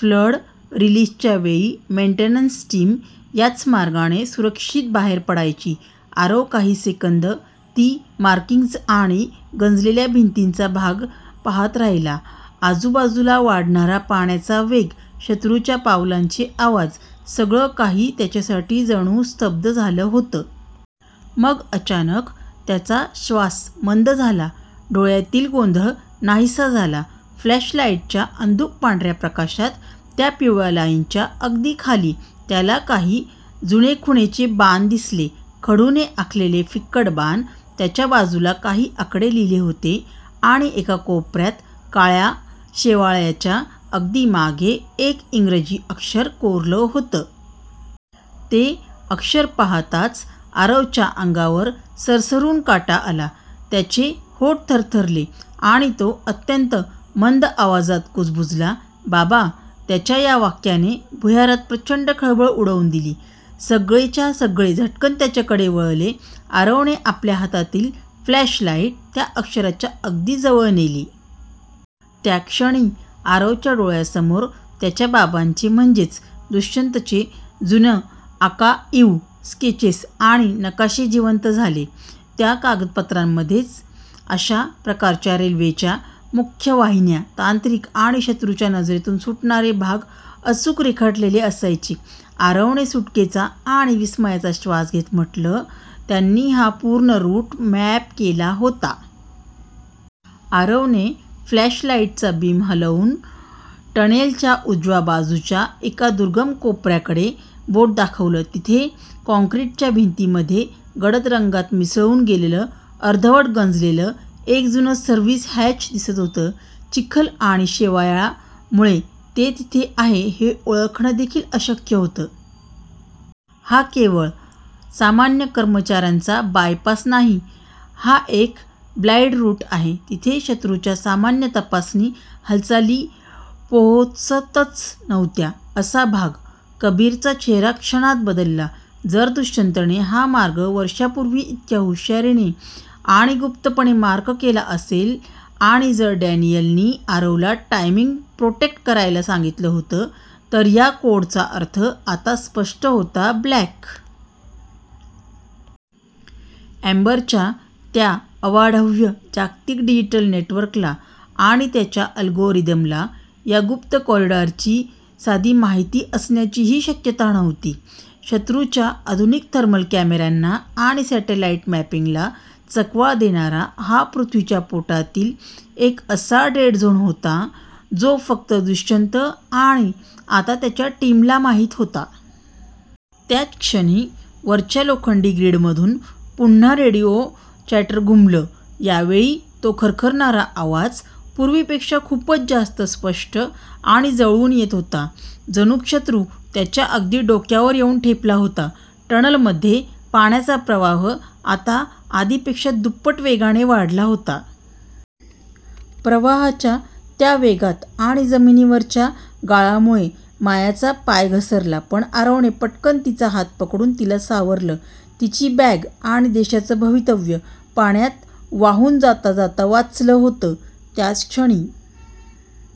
Flood रिलिजच्या वेळी maintenance team याच मार्गाने सुरक्षित बाहेर पडायची. आरव काही सेकंद ती मार्किंग्ज आणि गंजलेला भिंतीचा भाग पाहत राहिला. आजूबाजूला वाढणारा पाण्याचा वेग, शत्रूच्या पावलांचे आवाज सगळं काही त्याच्यासाठी जणू स्तब्ध झालं होतं. मग अचानक त्याचा श्वास मंद झाला, डोळ्यांतील गोंधळ नाहीसा झाला. फ्लॅशलाईटच्या अंधुक पांढऱ्या प्रकाशात, त्या पिवळ्या लाईनच्या अगदी खाली, त्याला काही जुने खुणेचे बाण दिसले. खडूने आखलेले फिकट बाण. त्याच्या बाजूला काही आकडे लिहिले होते आणि एका कोपऱ्यात, काळ्या शेवाळाच्या अगदी मागे एक इंग्रजी अक्षर कोरलं होतं. ते अक्षर पाहताच आरवच्या अंगावर सरसरून काटा आला. त्याचे ओठ थरथरले आणि तो अत्यंत मंद आवाजात कुजबुजला, "बाबा" त्याच्या या एका वाक्याने भुयारात प्रचंड खळबळ उडवून दिली. सगळेच्या सगळे झटकन त्याच्याकडे वळले. आरवने आपल्या हातातील फ्लॅशलाईट त्या अक्षराच्या अगदी जवळ नेली. त्याक्षणी आरवच्या डोळ्यांसमोर त्याच्या बाबांचे म्हणजेच दुष्यंतचे जुनं आकाइव्ह स्केचेस आणि नकाशे जिवंत झाले. त्या कागदपत्रांमध्ये अशा प्रकारच्या रेल्वेच्या मुख्य वाहिन्या, तांत्रिक आणि शत्रूच्या नजरेतून सुटणारे भाग अचूक रेखाटलेले असायचे. आरवने सुटकेचा आणि विस्मयाचा श्वास घेत म्हटलं, "त्यांनी हा पूर्ण रूट मॅप केला होता. " आरवने फ्लॅशलाईटचा बीम हलवून टनेलच्या उजव्या बाजूच्या एका दुर्गम कोपऱ्याकडे बोट दाखवलं. तिथे काँक्रीटच्या भिंतीमध्येच गडद रंगात मिसळून गेलेलं, अर्धवट गंजलेलं एक जुनं सर्व्हिस हॅच दिसत होतं. चिखल आणि शेवाळामुळे ते तिथे आहे हे ओळखणं देखील अशक्य होतं. "हा केवळ सामान्य कर्मचाऱ्यांचा बायपास नाही, हा एक ब्लाईंड रूट आहे. जिथे शत्रूच्या सामान्य तपासणी हालचाली पोहोचतच नव्हत्या, असा भाग"! कबीरचा चेहरा क्षणात बदलला. जर दुष्यंतने हा मार्ग वर्षांपूर्वी इतक्या हुशारीने आणि गुप्तपणे मार्क केला असेल आणि जर डॅनियलने आरवला 'टायमिंग प्रोटेक्ट' करायला सांगितलं होतं, तर या कोडचा अर्थ आता स्पष्ट होता.'ब्लॅक एम्बर'च्या त्या अवाढव्य जागतिक डिजिटल नेटवर्कला आणि त्यांच्या अल्गोरिदमला या गुप्त कॉरिडॉरची साधी माहिती असण्याचीही शक्यता नव्हती. शत्रूच्या आधुनिक थर्मल कॅमेऱ्यांना आणि सॅटेलाईट मॅपिंगला चकवा देणारा हा पृथ्वीच्या पोटातील एक असा 'डेड झोन' होता, जो फक्त दुष्यंत आणि आता त्यांच्या टीमला माहीत होता. त्याच क्षणी वरच्या लोखंडी ग्रीडमधून पुन्हा रेडिओ चॅटर घुमलं. यावेळी तो खरखरणारा आवाज पूर्वीपेक्षा खूपच जास्त स्पष्ट आणि जवळून येत होता, जणू शत्रू त्यांच्या अगदी डोक्यावर येऊन ठेपला होता. टनलमध्ये पाण्याचा प्रवाह आता आधीपेक्षा दुप्पट वेगाने वाढला होता. प्रवाहाच्या त्या वेगात आणि जमिनीवरच्या गाळामुळे मायाचा पाय घसरला, पण आरवने पटकन तिचा हात पकडून तिला सावरलं. तिची बॅग आणि देशाचं भवितव्य पाण्यात वाहून जाता जाता वाचलं होतं. त्याच क्षणी